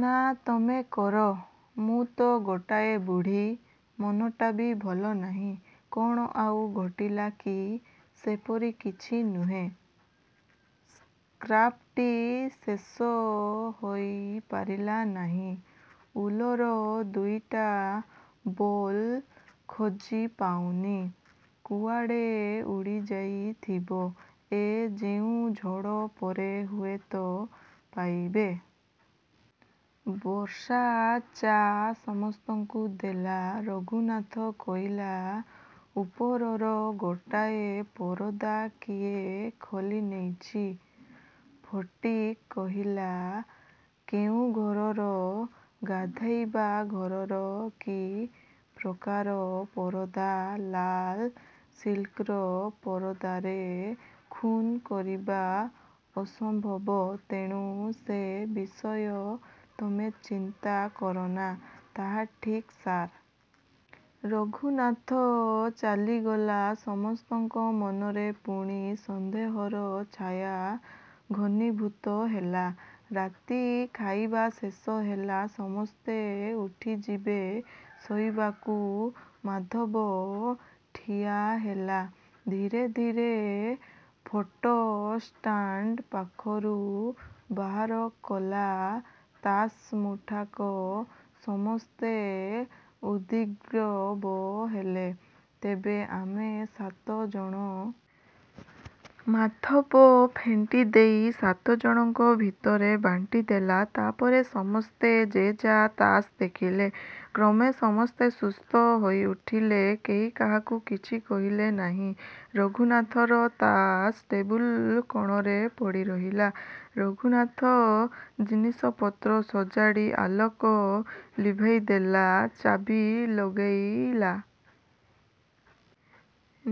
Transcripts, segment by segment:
ନା, ତମେ କର। ମୁଁ ତ ଗୋଟାଏ ବୁଢ଼ୀ। ମନଟା ବି ଭଲ ନାହିଁ। କ'ଣ ଆଉ ଘଟିଲା କି? ସେପରି କିଛି ନୁହେଁ। ସ୍କାର୍ଫଟି ଶେଷ ହୋଇପାରିଲା ନାହିଁ। ଉଲର ଦୁଇଟା ବଲ ଖୋଜି ପାଉନି। କୁଆଡ଼େ ଉଡ଼ିଯାଇଥିବ ଏ ଯେଉଁ ଝଡ଼, ପରେ ହୁଏତ ପାଇବେ। ବର୍ଷା ଚାହା ସମସ୍ତଙ୍କୁ ଦେଲା। ରଘୁନାଥ କହିଲା, ଉପରର ଗୋଟାଏ ପରଦା କିଏ ଖୋଲିନେଇଛି। ଫଟିକ୍ କହିଲା, କେଉଁ ଘରର? ଗାଧୋଇବା ଘରର। କି ପ୍ରକାର ପରଦା? ଲାଲ ସିଲ୍କର। ପରଦାରେ ଖୁନ୍ କରିବା ଅସମ୍ଭବ, ତେଣୁ ସେ ବିଷୟ ତମେ ଚିନ୍ତା କରନା। ତାହା ଠିକ୍, ସାର୍! ରଘୁନାଥ ଚାଲିଗଲା। ସମସ୍ତଙ୍କ ମନରେ ପୁଣି ସନ୍ଦେହର ଛାୟା ଘନୀଭୂତ ହେଲା। ରାତି ଖାଇବା ଶେଷ ହେଲା। ସମସ୍ତେ ଉଠିଯିବେ ଶୋଇବାକୁ। ମାଧବ ଠିଆହେଲା। ଧୀରେ ଧୀରେ ଫଟୋ ଷ୍ଟାଣ୍ଡ ପାଖରୁ ବାହାର କଲା ତାସ୍ ମୁଠାକ। ସମସ୍ତେ ଉଦ୍ଗ୍ରୀବ ହେଲେ। ତେବେ ଆମେ ସାତ ଜଣ? ମାଧବ ଫେଣ୍ଟିଦେଇ ସାତ ଜଣଙ୍କ ଭିତରେ ବାଣ୍ଟିଦେଲା। ତା ପରେ ସମସ୍ତେ ଯେଝା ତାସ୍ ଦେଖିଲେ। କ୍ରମେ ସମସ୍ତେ ସୁସ୍ଥ ହୋଇଉଠିଲେ। କେହି କାହାକୁ କିଛି କହିଲେ ନାହିଁ। ରଘୁନାଥର ତାସ୍ ଟେବୁଲ କୋଣରେ ପଡ଼ିରହିଲା। ରଘୁନାଥ ଜିନିଷପତ୍ର ସଜାଡ଼ି ଆଲୋକ ଲିଭାଇଦେଲା। ଚାବି ଲଗାଇଲା।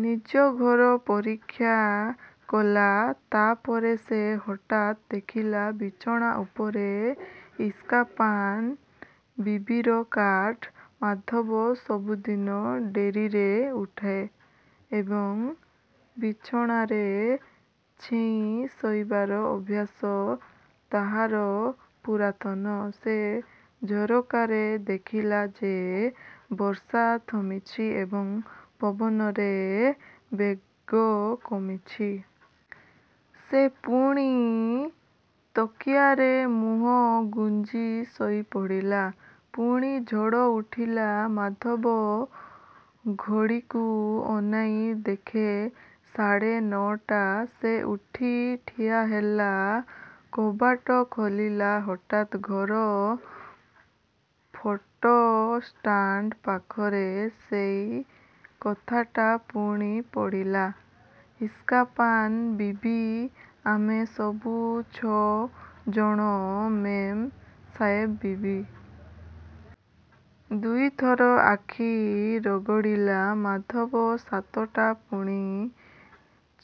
ନିଜ ଘର ପରୀକ୍ଷା କଲା। ତା ପରେ ସେ ହଠାତ୍ ଦେଖିଲା ବିଛଣା ଉପରେ ଇସ୍କାପାନ ବିବିର କାର୍ଡ଼! ମାଧବ ସବୁଦିନ ଡେରିରେ ଉଠେ ଏବଂ ବିଛଣାରେ ଚେଇଁ ଶୋଇବାର ଅଭ୍ୟାସ ତାହାର ପୁରାତନ। ସେ ଝରକାରେ ଦେଖିଲା ଯେ ବର୍ଷା ଥମିଛି ଏବଂ ପବନର ବେଗ କମିଛି। ସେ ପୁଣି ତକିଆରେ ମୁହଁ ଗୁଞ୍ଜି ଶୋଇପଡ଼ିଲା। ପୁଣି ଝଡ଼ ଉଠିଲା। ମାଧବ ଘଡ଼ିକୁ ଅନାଇ ଦେଖେ ସାଢ଼େ ନଅଟା। ସେ ଉଠି ଠିଆହେଲା। କବାଟ ଖୋଲିଲା। ହଠାତ୍ ଘର ଫଟୋ ଷ୍ଟାଣ୍ଡ ପାଖରେ ସେଇ କଥାଟା ପୁଣି ପଢ଼ିଲା, ଇସ୍କାପାନ ବିବି, ଆମେ ସବୁ ଛଅ ଜଣ ମେମ୍ ସାହେବ ବିବି। ଦୁଇ ଥର ଆଖି ରଗଡ଼ିଲା ମାଧବ। ସାତଟା ପୁଣି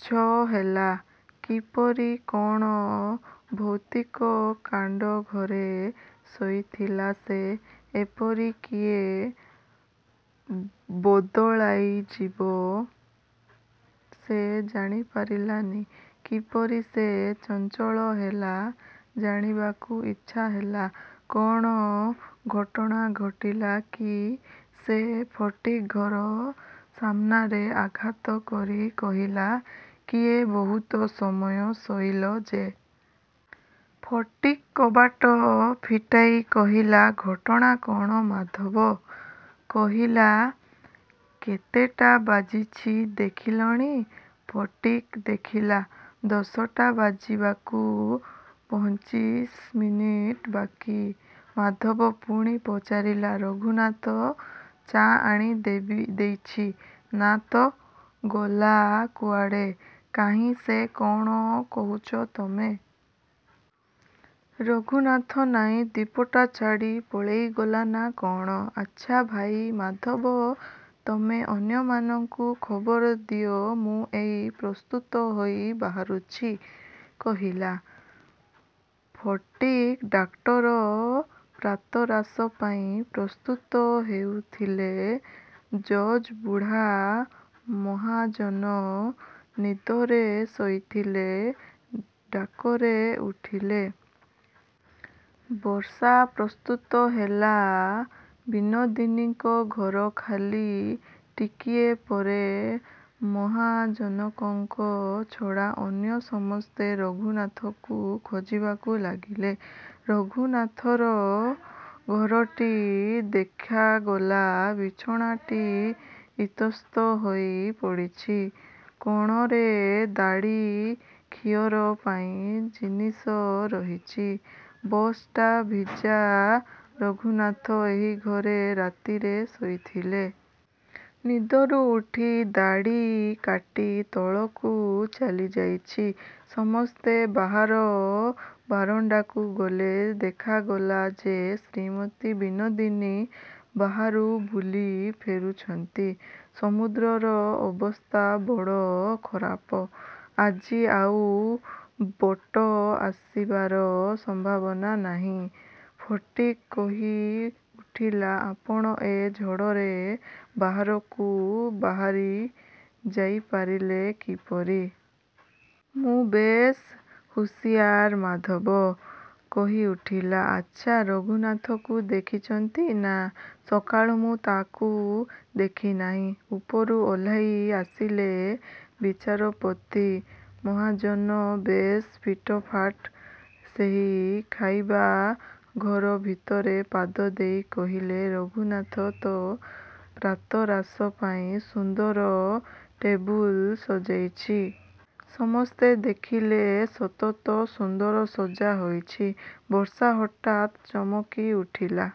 ଛଅ ହେଲା କିପରି! କ'ଣ ଭୌତିକ କାଣ୍ଡ! ଘରେ ଶୋଇଥିଲା ସେ। ଏପରି କିଏ ବଦଳାଇଯିବ, ସେ ଜାଣିପାରିଲାନି କିପରି? ସେ ଚଞ୍ଚଳ ହେଲା। ଜାଣିବାକୁ ଇଚ୍ଛା ହେଲା, କ'ଣ ଘଟଣା ଘଟିଲା କି? ସେ ଫଟିକ୍ ଘର ସାମ୍ନାରେ ଆଘାତ କରି କହିଲା, କିହୋ, ବହୁତ ସମୟ ଶୋଇଲ ଯେ! ଫଟିକ୍ କବାଟ ଫିଟାଇ କହିଲା, ଘଟଣା କ'ଣ? ମାଧବ କହିଲା, କେତେଟା ବାଜିଛି ଦେଖିଲଣି! ଫଟିକ୍ ଦେଖିଲା ଦଶଟା ବାଜିବାକୁ ପଚିଶ ମିନିଟ୍ ବାକି। ମାଧବ ପୁଣି ପଚାରିଲା, ରଘୁନାଥ ଚାହା ଆଣି ଦେଇଛି? ନା ତ, ଗଲା କୁଆଡ଼େ? କାହିଁ ସେ? କ'ଣ କହୁଛ ତମେ? ରଘୁନାଥ ନାହିଁ। ଦ୍ଵୀପଟା ଛାଡ଼ି ପଳାଇଗଲା ନା କ'ଣ? ଆଚ୍ଛା ଭାଇ ମାଧବ, ତମେ ଅନ୍ୟମାନଙ୍କୁ ଖବର ଦିଅ। ମୁଁ ଏଇ ପ୍ରସ୍ତୁତ ହୋଇ ବାହାରୁଛି, କହିଲା ଫଟିକ୍। ଡାକ୍ତର ପ୍ରାତରାଶ ପାଇଁ ପ୍ରସ୍ତୁତ ହେଉଥିଲେ। ଜଜ୍ ବୁଢ଼ା ମହାଜନ ନିଦରେ ଶୋଇଥିଲେ। ଡାକରେ ଉଠିଲେ। ବର୍ଷା ପ୍ରସ୍ତୁତ ହେଲା। ବିନୋଦିନୀଙ୍କ ଘର ଖାଲି। ଟିକିଏ ପରେ ମହାଜନଙ୍କ ଛଡ଼ା ଅନ୍ୟ ସମସ୍ତେ ରଘୁନାଥକୁ ଖୋଜିବାକୁ ଲାଗିଲେ। ରଘୁନାଥର ଘରଟି ଦେଖାଗଲା। ବିଛଣାଟି ଇତସ୍ତତଃ ହୋଇ ପଡ଼ିଛି। କୋଣରେ ଦାଢ଼ି ଖିଅର ପାଇଁ ଜିନିଷ ରହିଛି। ବ୍ରସ୍ ଟା ଭିଜା। ରଘୁନାଥ ଏହି ଘରେ ରାତିରେ ଶୋଇଥିଲା। ନିଦରୁ ଉଠି ଦାଢ଼ି କାଟି ତଳକୁ ଚାଲିଯାଇଛି। ସମସ୍ତେ ବାହାର ବାରଣ୍ଡାକୁ ଗଲେ। ଦେଖାଗଲା ଯେ ଶ୍ରୀମତୀ ବିନୋଦିନୀ ବାହାରୁ ବୁଲି ଫେରୁଛନ୍ତି। ସମୁଦ୍ରର ଅବସ୍ଥା ବଡ଼ ଖରାପ। ଆଜି ଆଉ ବୋଟ ଆସିବାର ସମ୍ଭାବନା ନାହିଁ। ଫଟିକ୍ କହିଉଠିଲା, ଆପଣ ଏ ଝଡ଼ରେ ବାହାରକୁ ବାହାରି ଯାଇପାରିଲେ କିପରି? ମୁଁ ବେଶ୍ ହୁସିଆର। ମାଧବ କହିଉଠିଲା, ଆଚ୍ଛା, ରଘୁନାଥକୁ ଦେଖିଛନ୍ତି? ନା, ସକାଳୁ ମୁଁ ତାକୁ ଦେଖିନାହିଁ। ଉପରୁ ଓହ୍ଲାଇ ଆସିଲେ ବିଚାରପତି ମହାଜନ। ବେଶ୍ ଫିଟଫାଟ। ସେ ଖାଇବା ଘର ଭିତରେ ପାଦ ଦେଇ କହିଲେ, ରଘୁନାଥ ତ ପ୍ରାତରାଶ ପାଇଁ ସୁନ୍ଦର ଟେବୁଲ ସଜାଇଛି। ସମସ୍ତେ ଦେଖିଲେ, ସତ ତ! ସୁନ୍ଦର ସଜା ହୋଇଛି। ବର୍ଷା ହଠାତ୍ ଚମକିଉଠିଲା।